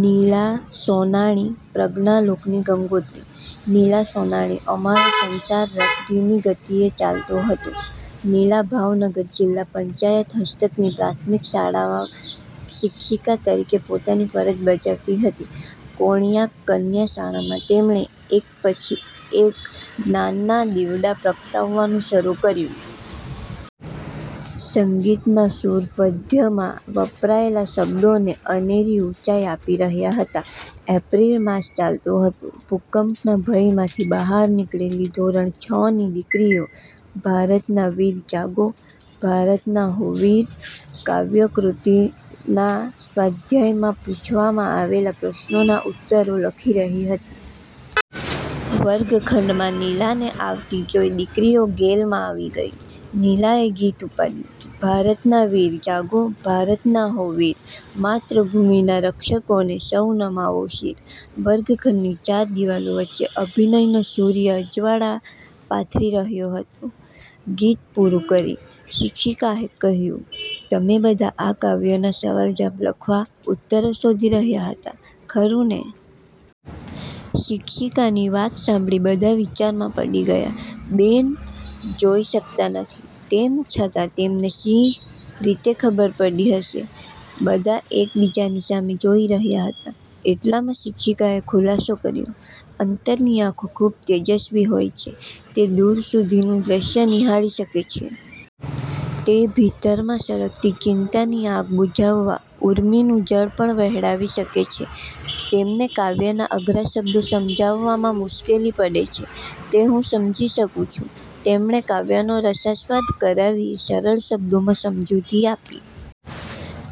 નીલા સોનાણી પ્રજ્ઞાલોકની ગંગોત્રી: નીલા સોનાણી અમારો સંસાર-રથ ધીમી ગતિએ ચાલતો હતો. નીલા ભાવનગર જીલ્લા પંચાયત હસ્તકની પ્રાથમિક શાળામાં શિક્ષિકા તરીકે પોતાની ફરજ બજાવતી હતી. કોળિયાક કન્યા શાળામાં તેમણે એક પછી એક જ્ઞાનના દીવડા પ્રગટાવવાનું શરુ કર્યું. સંગીતના સુર પદ્યમાં વપરાયેલા શબ્દોને અનેરી ઉંચાઈ આપી રહ્યા હતા. એપ્રીલ માસ ચાલતો હતો. ભૂકંપના ભયમાંથી બહાર નિકળેલી ધોરણ છ ની દીકરીઓ "ભારતના વીર જાગો, ભારતના હો વીર" કાવ્ય કૄતિના સ્વાધ્યાયમાં પૂછવામાં આવેલા પ્રશ્નોના ઉત્તરો લખી રહી હતી. વર્ગ-ખંડમાં નીલાને આવતી જોઈ દીકરીઓ ગેલમાં આવી ગઈ. નીલાએ ગીત ઉપાડ્યું, "ભારતના વીર જાગો, ભારતના હો વીર, માતૄભૂમિના રક્ષકોને સૌ નમાવો શીર" વર્ગખંડની ચાર દિવાલો વચ્ચે અભિનયનો સૂર્ય અજવાળા પાથરી રહ્યો હતો. ગીત પુરું કરી, શિક્ષિકાએ કહ્યું, "તમે બધાં આ કાવ્યના સવાલ જવાબ લખવા ઉત્તરો શોધી રહ્યા હતા, ખરું ને!" શિક્ષિકાની વાત સાંભળી બધાં વિચારમાં પડી ગયા. બેન જોઈ શકતા નથી, તેમ છતાં તેમને શી રીતે ખબર પડી હશે? બધાં એક બીજાની સામે જોઈ રહ્યા હતા. એટલામાં શિક્ષિકાએ ખૂલાસો કર્યો, "અંતરની આંખો ખૂબ તેજસ્વી હોય છે, તે દૂર સુધીનું દૃશ્ય નિહાળી શકે છે. તે ભીતરમાં સળગતી ચિંતાની આગ બુજાવવા ઉર્મિનું જળ પણ વહેડાવી શકે છે. તમને કાવ્યના અઘરા શબ્દો સમજવામાં મુશ્કેલી પડે છે, તે હું સમજી શકું છું." તેમણે કાવ્યનો રસાસ્વાદ કરાવી સરળ શબ્દોમાં સમજુતિ આપી.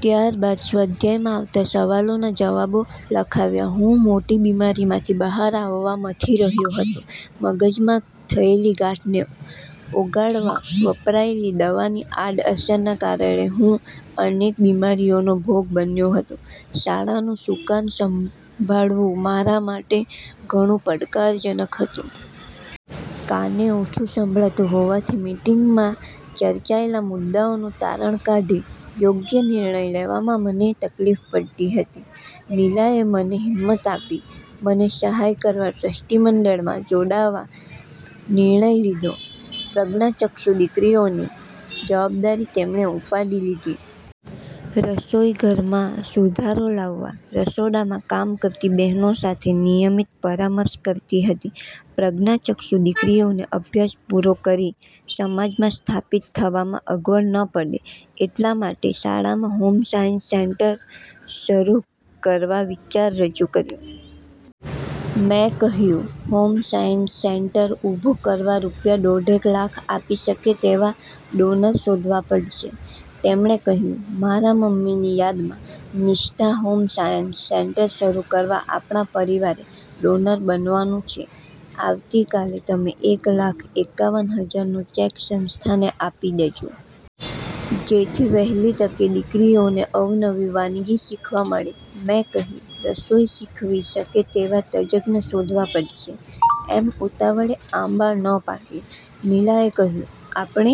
ત્યારબાદ સ્વાધ્યાયમાં આવતા સવાલોના જવાબો લખાવ્યા. હું મોટી બીમારીમાંથી બહાર આવવા મથી રહ્યો હતો. મગજમાં થયેલી ગાંઠને ઓગાળવા વપરાયેલી દવાની આડ અસરના કારણે હું અનેક બીમારીઓનો ભોગ બન્યો હતો. શાળાનું સુકાન સંભાળવું મારા માટે ઘણું પડકારજનક હતું. કાને ઓછુ સંભળાતું હોવાથી મિટિંગમાં ચર્ચાયેલા મુદ્દાઓનું તારણ કાઢી યોગ્ય નિર્ણય લેવામાં મને તકલીફ પડતી હતી. નીલાએ મને હિંમત આપી મને સહાય કરવા ટ્રસ્ટીમંડળમાં જોડાવા નિર્ણય લીધો. પ્રજ્ઞાચક્ષુ દીકરીઓની જવાબદારી તેમણે ઉપાડી લીધી. રસોઈઘરમાં સુધારો લાવવા, રસોડામાં કામ કરતી બહેનો સાથે નિયમિત પરામર્શ કરતી હતી. પ્રજ્ઞાચક્ષુ દીકરીઓને અભ્યાસ પુરો કરી સમાજમાં સ્થાપીત થવામાં અગવડ ન પડે એટલા માટે શાળામાં હોમસાયન્સ સેન્ટર શરુ કરવા વિચાર રજુ કર્યો. મેં કહ્યું, "હોમસાયન્સ સેન્ટર ઊભુ કરવા રૂપિયા દોઢેક લાખ આપી શકે તેવા ડોનર શોધવા પડશે." તેમણે કહ્યું, "મારા મમ્મીની યાદમાં "નિષ્ઠા હોમસાયન્સ" સેન્ટર શરુ કરવા આપણા પરિવારે ડોનર બનવાનું છે. આવતી કાલે તમે એક લાખ એકાવન હજારનો ચેક સંસ્થાને આપી દેજો. જેથી વહેલી તકે દીકરીઓને અવનવી વાનગી શીખવા મળે." મેં કહ્યું, "રસોઈ શીખવી શકે તેવા તજજ્ઞ શોધવા પડશે એમ ઉતાવળે આંબા ન પાકે." નીલાએ કહ્યું, "આપણે